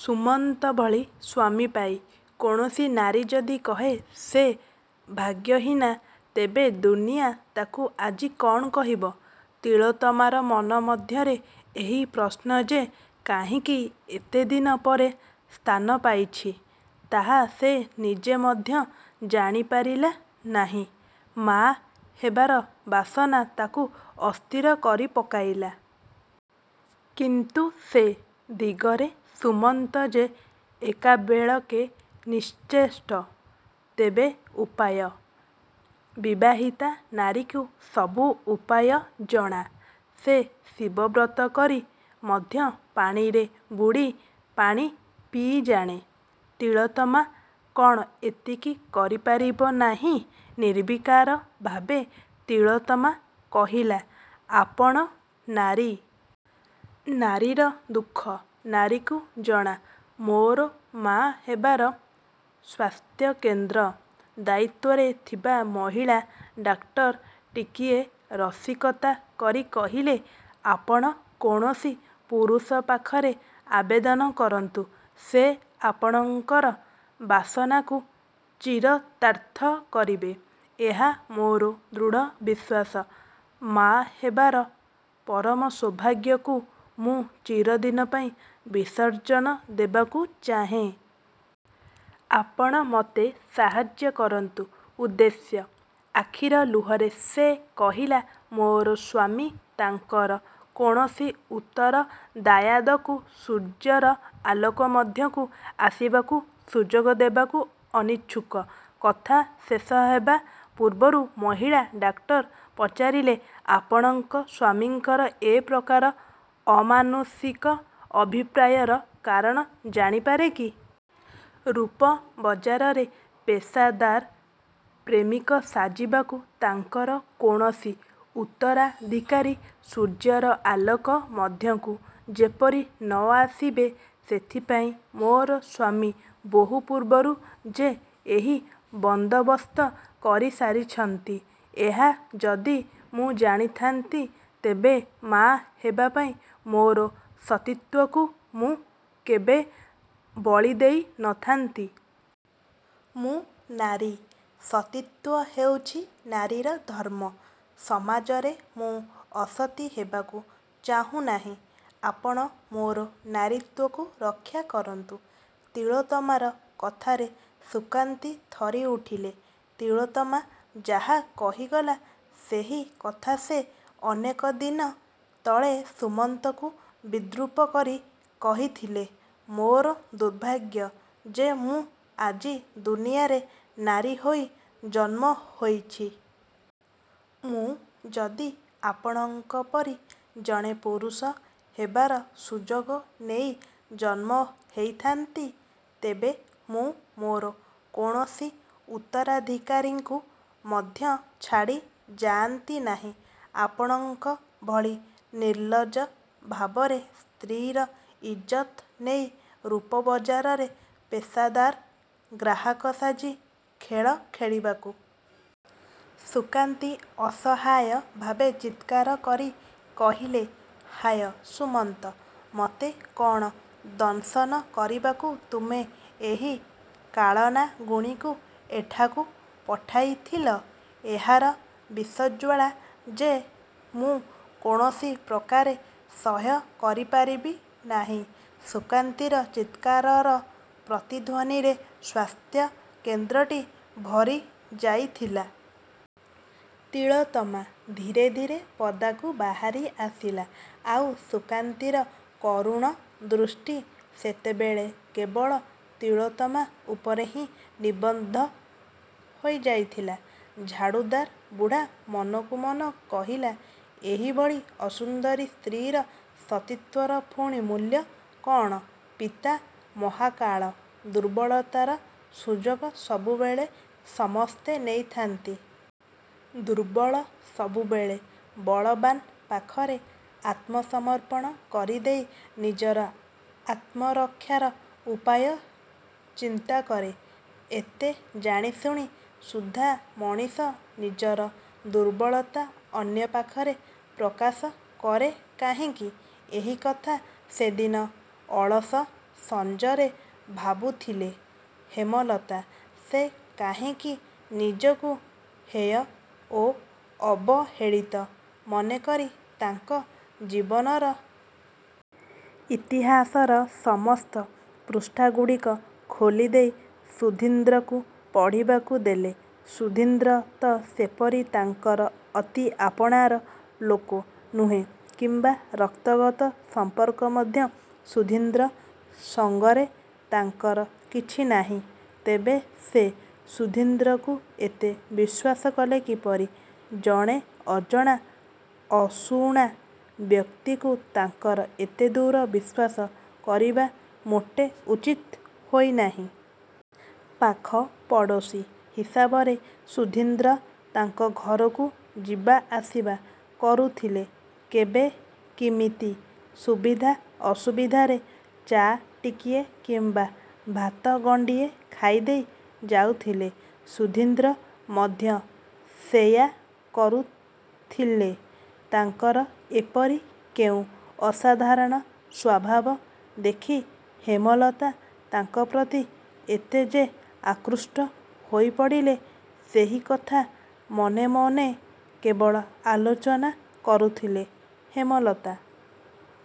ସୁମନ୍ତ ଭଳି ସ୍ୱାମୀ ପାଇ କୌଣସି ନାରୀ ଯଦି କହେ ସେ ଭାଗ୍ୟହୀନା, ତେବେ ଦୁନିଆ ତାକୁ ଆଜି କ'ଣ କହିବ? ତିଳୋତ୍ତମାର ମନ ମଧ୍ୟରେ ଏହି ପ୍ରଶ୍ନ ଯେ କାହିଁକି ଏତେଦିନ ପରେ ସ୍ଥାନପାଇଛି ତାହା ସେ ନିଜେ ମଧ୍ୟ ଜାଣିପାରିଲା ନାହିଁ। ମା' ହେବାର ବାସନା ତାକୁ ଅସ୍ଥିର କରିପକାଇଲା। କିନ୍ତୁ ସେ ଦିଗରେ ସୁମନ୍ତ ଯେ ଏକାବେଳକେ ନିଶ୍ଚେଷ୍ଟ। ତେବେ ଉପାୟ? ବିବାହିତା ନାରୀକୁ ସବୁ ଉପାୟ ଜଣା। ସେ ଶିବବ୍ରତ କରି ମଧ୍ୟ ପାଣିରେ ବୁଡ଼ି ପାଣି ପିଇଜାଣେ। ତିଳୋତ୍ତମା କ'ଣ ଏତିକି କରିପାରିବ ନାହିଁ? ନିର୍ବିକାର ଭାବେ ତିଳୋତ୍ତମା କହିଲା, ''ଆପଣ ନାରୀ। ନାରୀର ଦୁଃଖ ନାରୀକୁ ଜଣା-। ମୋର ମା' ହେବାର। '' ସ୍ୱାସ୍ଥ୍ୟକେନ୍ଦ୍ର ଦାୟିତ୍ଵରେ ଥିବା ମହିଳା ଡାକ୍ତର ଟିକିଏ ରସିକତା କରି କହିଲେ, ''ଆପଣ କୌଣସି ପୁରୁଷ ପାଖରେ ଆବେଦନ କରନ୍ତୁ। ସେ ଆପଣଙ୍କର ବାସନାକୁ ଚରିତାର୍ଥ କରିବେ। ଏହା ମୋର ଦୃଢ଼ ବିଶ୍ୱାସ। '' ''ମାଆ ହେବାର ପରମ ସୌଭାଗ୍ୟକୁ ମୁଁ ଚିରଦିନ ପାଇଁ ବିସର୍ଜନ ଦେବାକୁ ଚାହେଁ। ଆପଣ ମୋତେ ସାହାଯ୍ୟ କରନ୍ତୁ। '' ''ଉଦ୍ଦେଶ୍ୟ? '' ଆଖିର ଲୁହରେ ସେ କହିଲା, ''ମୋର ସ୍ୱାମୀ ତାଙ୍କର କୌଣସି ଉତ୍ତରଦାୟାଦକୁ ସୂର୍ଯ୍ୟର ଆଲୋକ ମଧ୍ୟକୁ ଆସିବାକୁ ସୁଯୋଗ ଦେବାକୁ ଅନିଚ୍ଛୁକ। '' କଥା ଶେଷହେବା ପୂର୍ବରୁ ମହିଳା ଡାକ୍ତର ପଚାରିଲେ, ''ଆପଣଙ୍କ ସ୍ୱାମୀଙ୍କର ଏ ପ୍ରକାର ଅମାନୁଷିକ ଅଭିପ୍ରାୟର କାରଣ ଜାଣିପାରେ କି? '' ''ରୂପ ବଜାରରେ ପେଶାଦାର ପ୍ରେମିକ ସାଜିବାକୁ ତାଙ୍କର କୌଣସି ଉତ୍ତରାଧିକାରୀ ସୂର୍ଯ୍ୟର ଆଲୋକ ମଧ୍ୟକୁ ଯେପରି ନ ଆସିବେ ସେଥିପାଇଁ ମୋର ସ୍ୱାମୀ ବହୁ ପୂର୍ବରୁ ଯେ ଏହି ବନ୍ଦୋବସ୍ତ କରିସାରିଛନ୍ତି ଏହା ଯଦି ମୁଁ ଜାଣିଥାନ୍ତି ତେବେ ମାଆ ହେବାପାଇଁ ମୋର ସତୀତ୍ୱକୁ ମୁଁ କେବେ ବଳିଦେଇ ନ ଥାନ୍ତି। ମୁଁ ନାରୀ। ସତୀତ୍ୱ ହେଉଛି ନାରୀର ଧର୍ମ। ସମାଜରେ ମୁଁ ଅସତୀ ହେବାକୁ ଚାହୁଁନାହିଁ। ଆପଣ ମୋର ନାରୀତ୍ୱକୁ ରକ୍ଷା କରନ୍ତୁ। '' ତିଳୋତ୍ତମାର କଥାରେ ସୁକାନ୍ତୀ ଥରିଉଠିଲେ। ତିଳୋତ୍ତମା ଯାହା କହିଗଲା, ସେହି କଥା ସେ ଅନେକ ଦିନ ତଳେ ସୁମନ୍ତକୁ ବିଦ୍ରୂପ କରି କହିଥିଲେ-''ମୋର ଦୁର୍ଭାଗ୍ୟ ଯେ ମୁଁ ଆଜି ଦୁନିଆରେ ନାରୀ ହୋଇ ଜନ୍ମହୋଇଛି। ମୁଁ ଯଦି ଆପଣଙ୍କ ପରି ଜଣେ ପୁରୁଷ ହେବାର ସୁଯୋଗ ନେଇ ଜନ୍ମ ହେଇଥାନ୍ତି, ତେବେ ମୁଁ ମୋର କୌଣସି ଉତ୍ତରାଧିକାରୀକୁ ମଧ୍ୟ ଛାଡ଼ି ଯାଆନ୍ତି ନାହିଁ ଆପଣଙ୍କ ଭଳି ନିର୍ଲଜ ଭାବରେ ସ୍ତ୍ରୀର ଇଜ୍ଜତ୍ ନେଇ ରୂପ ବଜାରରେ ପେଶାଦାର ଗ୍ରାହକ ସାଜି ଖେଳ ଖେଳିବାକୁ। '' ସୁକାନ୍ତୀ ଅସହାୟ ଭାବେ ଚିତ୍କାର କରି କହିଲେ, ''ହାୟ ସୁମନ୍ତ! ମୋତେ କ'ଣ ଦଂଶନ କରିବାକୁ ତୁମେ ଏହି କାଳନାଗୁଣୀକୁ ଏଠାକୁ ପଠାଇଥିଲ? ଏହାର ବିଷଜ୍ୱାଳା ଯେ ମୁଁ କୌଣସି ପ୍ରକାରେ ସହ୍ୟ କରିପାରିବି ନାହିଁ। '' ସୁକାନ୍ତୀର ଚିତ୍କାରର ପ୍ରତିଧ୍ୱନିରେ ସ୍ୱାସ୍ଥ୍ୟ କେନ୍ଦ୍ରଟି ଭରି ଯାଇଥିଲା। ତିଳୋତ୍ତମା ଧୀରେ ଧୀରେ ପଦାକୁ ବାହାରି ଆସିଲା। ଆଉ ସୁକାନ୍ତୀର କରୁଣ ଦୃଷ୍ଟି ସେତେବେଳେ କେବଳ ତିଳୋତ୍ତମା ଉପରେ ହିଁ ନିବଦ୍ଧ ହୋଇଯାଇଥିଲା। ଝାଡ଼ୁଦାର ବୁଢ଼ା ମନକୁ ମନ କହିଲା, ''ଏହିଭଳି ଅସୁନ୍ଦରୀ ସ୍ତ୍ରୀର ସତୀତ୍ୱର ପୁଣି ମୂଲ୍ୟ କ'ଣ? '' ପିତା ମହାକାଳ ଦୁର୍ବଳତାର ସୁଯୋଗ ସବୁବେଳେ ସମସ୍ତେ ନେଇଥାନ୍ତି। ଦୁର୍ବଳ ସବୁବେଳେ ବଳବାନ ପାଖରେ ଆତ୍ମସମର୍ପଣ କରିଦେଇ ନିଜର ଆତ୍ମରକ୍ଷାର ଉପାୟ ଚିନ୍ତାକରେ। ଏତେ ଜାଣିଶୁଣି ସୁଦ୍ଧା ମଣିଷ ନିଜର ଦୁର୍ବଳତା ଅନ୍ୟ ପାଖରେ ପ୍ରକାଶ କରେ କାହିଁକି? ଏହିକଥା ସେଦିନ ଅଳସ ସଞ୍ଜରେ ଭାବୁଥିଲେ ହେମଲତା। ସେ କାହିଁକି ନିଜକୁ ହେୟ ଓ ଅବହେଳିତ ମନେକରି ତାଙ୍କ ଜୀବନର। ଇତିହାସର ସମସ୍ତ ପୃଷ୍ଠାଗୁଡ଼ିକ ଖୋଲିଦେଇ ସୁଧୀନ୍ଦ୍ରକୁ ପଢ଼ିବାକୁ ଦେଲେ? ସୁଧୀନ୍ଦ୍ର ତ ସେପରି ତାଙ୍କର ଅତି ଆପଣାର ଲୋକ ନୁହେଁ କିମ୍ବା ରକ୍ତଗତ ସମ୍ପର୍କ ମଧ୍ୟ ସୁଧୀନ୍ଦ୍ର ସଙ୍ଗରେ ତାଙ୍କର କିଛି ନାହିଁ। ତେବେ ସେ ସୁଧୀନ୍ଦ୍ରକୁ ଏତେ ବିଶ୍ୱାସ କଲେ କିପରି? ଜଣେ ଅଜଣା ଅଶୁଣା ବ୍ୟକ୍ତିକୁ ତାଙ୍କର ଏତେଦୂର ବିଶ୍ୱାସ କରିବା ମୋଟେ ଉଚିତ ହୋଇନାହିଁ। ପାଖ ପଡ଼ୋଶୀ ହିସାବରେ ସୁଧୀନ୍ଦ୍ର ତାଙ୍କ ଘରକୁ ଯିବା ଆସିବା କରୁଥିଲେ। କେବେ କିମିତି ସୁବିଧା ଅସୁବିଧାରେ ଚା' ଟିକିଏ କିମ୍ବା ଭାତ ଗଣ୍ଡିଏ ଖାଇଦେଇ ଯାଉଥିଲେ। ସୁଧୀନ୍ଦ୍ର ମଧ୍ୟ ସେୟା କରୁଥିଲେ। ତାଙ୍କର ଏପରି କେଉଁ ଅସାଧାରଣ ସ୍ୱଭାବ ଦେଖି ହେମଲତା ତାଙ୍କ ପ୍ରତି ଏତେ ଯେ ଆକୃଷ୍ଟ ହୋଇପଡ଼ିଲେ, ସେହିକଥା ମନେମନେ କେବଳ ଆଲୋଚନା କରୁଥିଲେ ହେମଲତା।